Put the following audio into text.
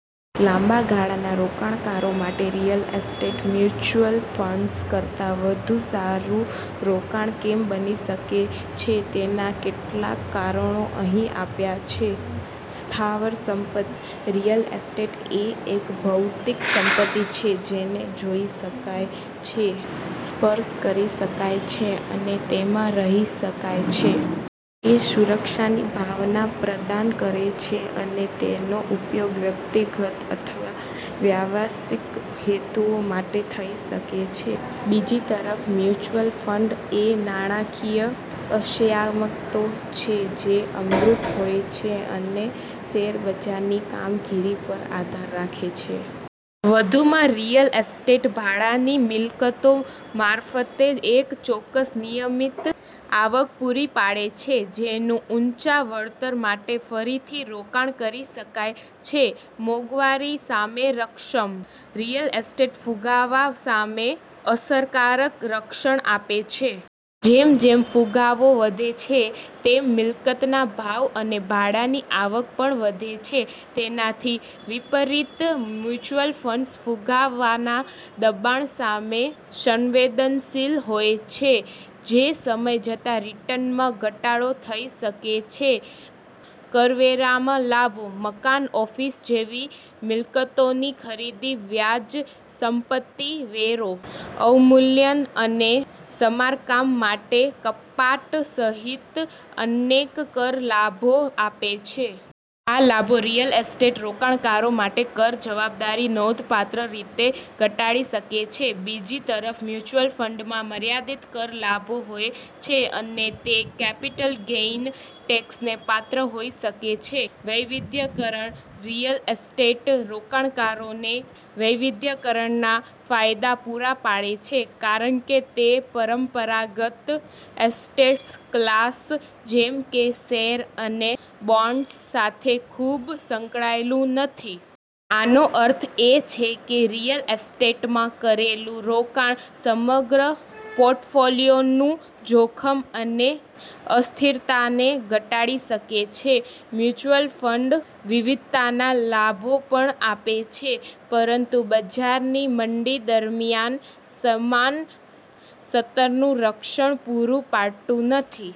લાંબા ગાળાના રોકાણકારો માટે રિયલ એસ્ટેટ મ્યુચ્યુઅલ ફંડ્સ કરતાં વધુ સારું રોકાણ કેમ બની શકે છે તેનાં કેટલાક કારણો અહીં આપ્યાં છે: સ્થાવર સંપત્તિ: રિયલ એસ્ટેટ એ એક ભૌતિક સંપત્તિ છે જેને જોઈ શકાય છે, સ્પર્શ કરી શકાય છે અને તેમાં રહી શકાય છે. તે સુરક્ષાની ભાવના પ્રદાન કરે છે અને તેનો ઉપયોગ વ્યક્તિગત અથવા વ્યવસાયિક હેતુઓ માટે થઈ શકે છે. બીજી તરફ, મ્યુચ્યુઅલ ફંડ એ નાણાકીય અસ્કયામતો છે જે અમૂર્ત હોય છે અને શેરબજારની કામગીરી પર આધાર રાખે છે. વધુમાં, રિયલ એસ્ટેટ ભાડાની મિલકતો મારફતે એક ચોક્કસ નિયમિત આવક પુરી પાડે છે, જેનું ઉંચા વળતર માટે ફરીથી રોકાણ કરી શકાય છે. મોંઘવારી સામે રક્ષમ: રિયલ એસ્ટેટ ફુગાવા સામે અસરકારક રક્ષણ આપે છે. જેમ જેમ ફુગાવો વધે છે, તેમ મિલકતના ભાવ અને ભાડાની આવક પણ વધે છે. તેનાથી વિપરીત, મ્યુચ્યુઅલ ફંડ્સ ફુગાવાના દબાણ સામે સંવેદનશીલ હોય છે, જે સમય જતાં રિટર્નમાં ઘટાડો થઇ શકે છે. કરવેરામાં લાભો: મકાન-ઓફિસ જેવી મિલકતોની ખરીદી વ્યાજ, સંપતિ વેરો, અવમૂલ્યન અને સમારકામ માટે કપાત સહિત અનેક કર લાભો આપે છે. આ લાભો રિયલ એસ્ટેટ રોકાણકારો માટે કર જવાબદારી નોંધપાત્ર રીતે ઘટાડી શકે છે. બીજી તરફ, મ્યુચ્યુઅલ ફંડમાં મર્યાદિત કર લાભો હોય છે અને તે કેપિટલ ગેઈન ટેક્સને પાત્ર હોઈ શકે છે. વૈવિધ્યકરણ: રિયલ એસ્ટેટ રોકાણકારોને વૈવિધ્યકરણના ફાયદા પૂરા પાડે છે, કારણ કે તે પરંપરાગત એસેટ્સ ક્લાસ જેમ કે શેર અને બોન્ડ્સ સાથે ખૂબ સંકળાયેલું નથી. આનો અર્થ એ છે કે રિયલ એસ્ટેટમાં કરેલું રોકાણ સમગ્ર પોર્ટફોલિયોનું જોખમ અને અસ્થિરતાને ઘટાડી શકે છે. મ્યુચ્યુઅલ ફંડ વિવિધતાના લાભો પણ આપે છે, પરંતુ બજારની મંદી દરમિયાન સમાન સ્તરનું રક્ષણ પૂરું પાડતું નથી.